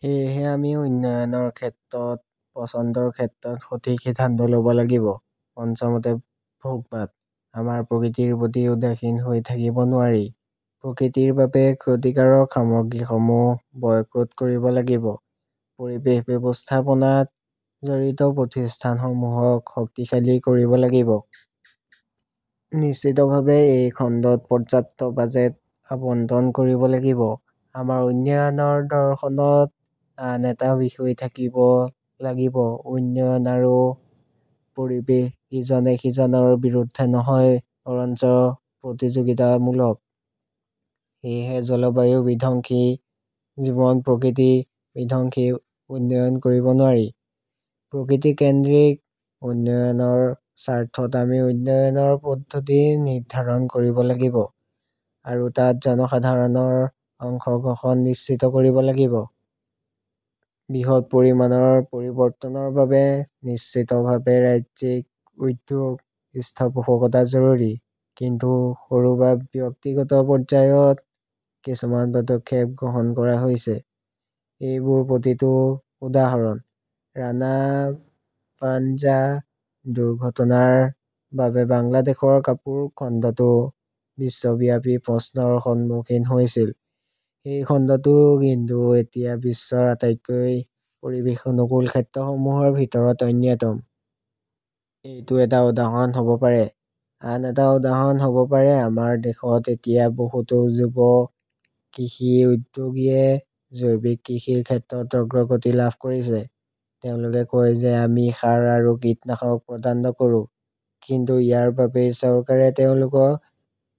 সেয়েহে আমি উন্নয়নৰ ক্ষেত্ৰত পছন্দৰ ক্ষেত্ৰত সঠিক সিদ্ধান্ত ল 'ব লাগিব। পঞ্চমতে, ভোগবাদ। আমাৰ প্ৰকৃতিৰ প্ৰতি উদাসীন হৈ থাকিব নোৱাৰি। প্ৰকৃতিৰ বাবে ক্ষতিকাৰক সামগ্ৰীসমূহ বয়কট কৰিব লাগিব। পৰিৱেশ ব্যৱস্থাপনাত জড়িত প্ৰতিষ্ঠানসমূহক শক্তিশালী কৰিব লাগিব। নিশ্চিতভাৱে এই খণ্ডত পৰ্যাপ্ত বাজেট আবণ্টন কৰিব লাগিব। আমাৰ উন্নয়নৰ দৰ্শনত আন এটা বিষয় থাকিব লাগিব-উন্নয়ন আৰু পৰিৱেশ ইজনে সিজনৰ বিৰুদ্ধে নহয় বৰঞ্চ সহযোগিতামূলক। সেয়েহে জলবায়ু বিধ্বংসী, জীৱন-প্ৰকৃতি বিধ্বংসী উন্নয়ন কৰিব নোৱাৰি। প্ৰকৃতি-কেন্দ্ৰিক উন্নয়নৰ স্বাৰ্থত আমি উন্নয়নৰ পদ্ধতি নিৰ্ধাৰণ কৰিব লাগিব আৰু তাত জনসাধাৰণৰ অংশগ্ৰহণ নিশ্চিত কৰিব লাগিব। বৃহৎ পৰিমাণৰ পৰিৱৰ্তনৰ বাবে নিশ্চিতভাৱে ৰাজ্যিক উদ্যোগ, পৃষ্ঠপোষকতা জৰুৰী। কিন্তু সৰু বা ব্যক্তিগত পৰ্যায়ত কিছুমান পদক্ষেপ গ্ৰহণ কৰা হৈছে। এইবোৰ প্ৰতিটো উদাহৰণ। ৰাণা প্নাজা দুৰ্ঘটনাৰ বাবে বাংলাদেশৰ কাপোৰ খণ্ডটো বিশ্বব্যাপী প্ৰশ্নৰ সন্মুখীন হৈছিল, সেই খণ্ডটো কিন্তু এতিয়া বিশ্বৰ আটাইতকৈ পৰিৱেশ অনুকূল ক্ষেত্ৰসমূহৰ ভিতৰত অন্যতম। এইটো এটা উদাহৰণ হ’ব পাৰে। আন এটা উদাহৰণ হ’ব পাৰে-আমাৰ দেশত এতিয়া বহুতো যুৱ কৃষি উদ্যোগীয়ে জৈৱিক কৃষিৰ ক্ষেত্ৰত অগ্ৰগতি লাভ কৰিছে। তেওঁলোকে কয় যে আমি সাৰ আৰু কীটনাশক প্ৰদান নকৰো। কিন্তু ইয়াৰ বাবেই চৰকাৰে তেওঁলোকক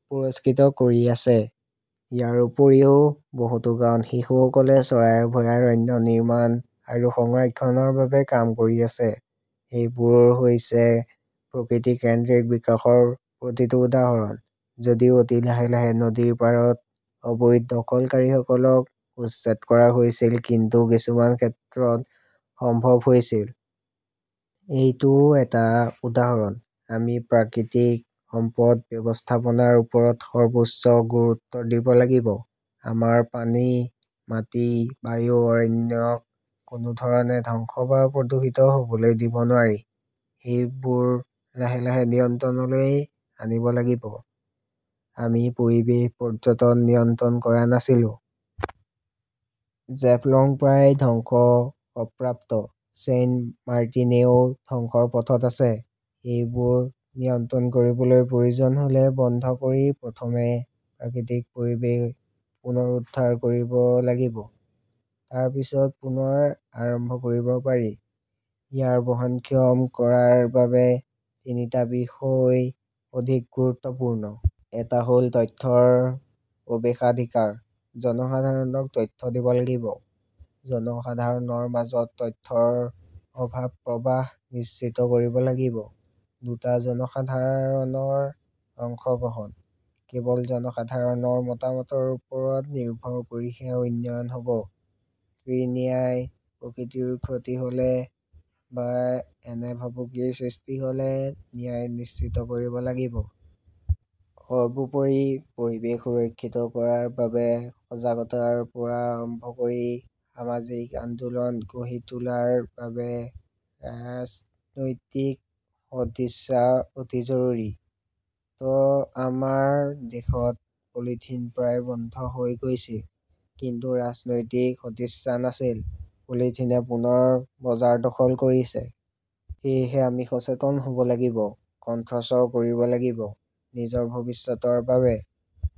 পুৰস্কৃত কৰি আছে। ইয়াৰ উপৰিও, বহুতো গাঁৱত শিশুসকলে চৰাই অভয়াৰণ্য নিৰ্মাণ আৰু সংৰক্ষণৰ বাবে কাম কৰি আছে। এইবোৰ হৈছে প্ৰকৃতি-কেন্দ্ৰিক বিকাশৰ প্ৰতিটো উদাহৰণ। যদিও অতি লাহে লাহে নদীৰ পাৰত অবৈধ দখলকাৰীসকলক উচ্ছেদ কৰা হৈছিল কিন্তু কিছুমান ক্ষেত্ৰত সম্ভৱ হৈছিল। এইটোও এটা উদাহৰণ। আমি প্ৰাকৃতিক সম্পদ ব্যৱস্থাপনাৰ ওপৰত সৰ্বোচ্চ গুৰুত্ব দিব লাগিব। আমাৰ পানী, মাটি, বায়ু, অৰণ্যক কোনো ধৰণে ধ্বংস বা প্ৰদূষিত হ’বলৈ দিব নোৱাৰি। সেইবোৰ লাহে লাহে নিয়ন্ত্ৰণলৈ আনিব লাগিব। আমি পৰিৱেশ পৰ্যটন নিয়ন্ত্ৰণ কৰা নাছিলো। জেফলঙ প্ৰায় ধ্বংসপ্ৰাপ্ত, ছেইণ্টমাৰ্টিনেও ধ্বংসৰ পথত আছে। সেইবোৰ নিয়ন্ত্ৰণ কৰিবলৈ প্ৰয়োজন হ’লে বন্ধ কৰি প্ৰথমে প্ৰাকৃতিক পৰিৱেশ পুনৰুদ্ধাৰ কৰিব লাগিব। তাৰ পিছত পুনৰ আৰম্ভ কৰিব পাৰি। উন্নয়ন বহনক্ষম কৰাৰ বাবে তিনিটা বিষয় অধিক গুৰুত্বপূৰ্ণ। এটা হ’ল তথ্যৰ প্ৰৱেশাধিকাৰ। জনসাধাৰণক তথ্য দিব লাগিব। জনসাধাৰণৰ মাজত তথ্যৰ অবাধ প্ৰৱাহ নিশ্চিত কৰিব লাগিব. দুটা. জনসাধাৰণৰ অংশগ্ৰহণ। কেৱল জনসাধাৰণৰ মতামতৰ ওপৰত নিৰ্ভৰ কৰিহে উন্নয়ন হ’ব। ত্ৰি. ন্যায়. প্ৰকৃতিৰ ক্ষতি হ’লে বা এনে ভাবুকিৰ সৃষ্টি হ’লে ন্যায় নিশ্চিত কৰিব লাগিব। সৰ্বোপৰি, পৰিৱেশ সুৰক্ষিত কৰাৰ বাবে সজাগতাৰ পৰা আৰম্ভ কৰি সামাজিক আন্দোলন গঢ়ি তোলাৰ বাবে ৰাজনৈতিক সদিচ্ছা অতি জৰুৰী। ত আমাৰ দেশত পলিথিন প্ৰায় বন্ধ হৈ গৈছিল। কিন্তু ৰাজনৈতিক সদিচ্ছা নাছিল। পলিথিনে পুনৰ বজাৰ দখল কৰিছে। সেয়েহে আমি সচেতন হ 'ব লাগিব, কণ্ঠস্বৰ কৰিব লাগিব। নিজৰ, ভৱিষ্যতৰ বাবে।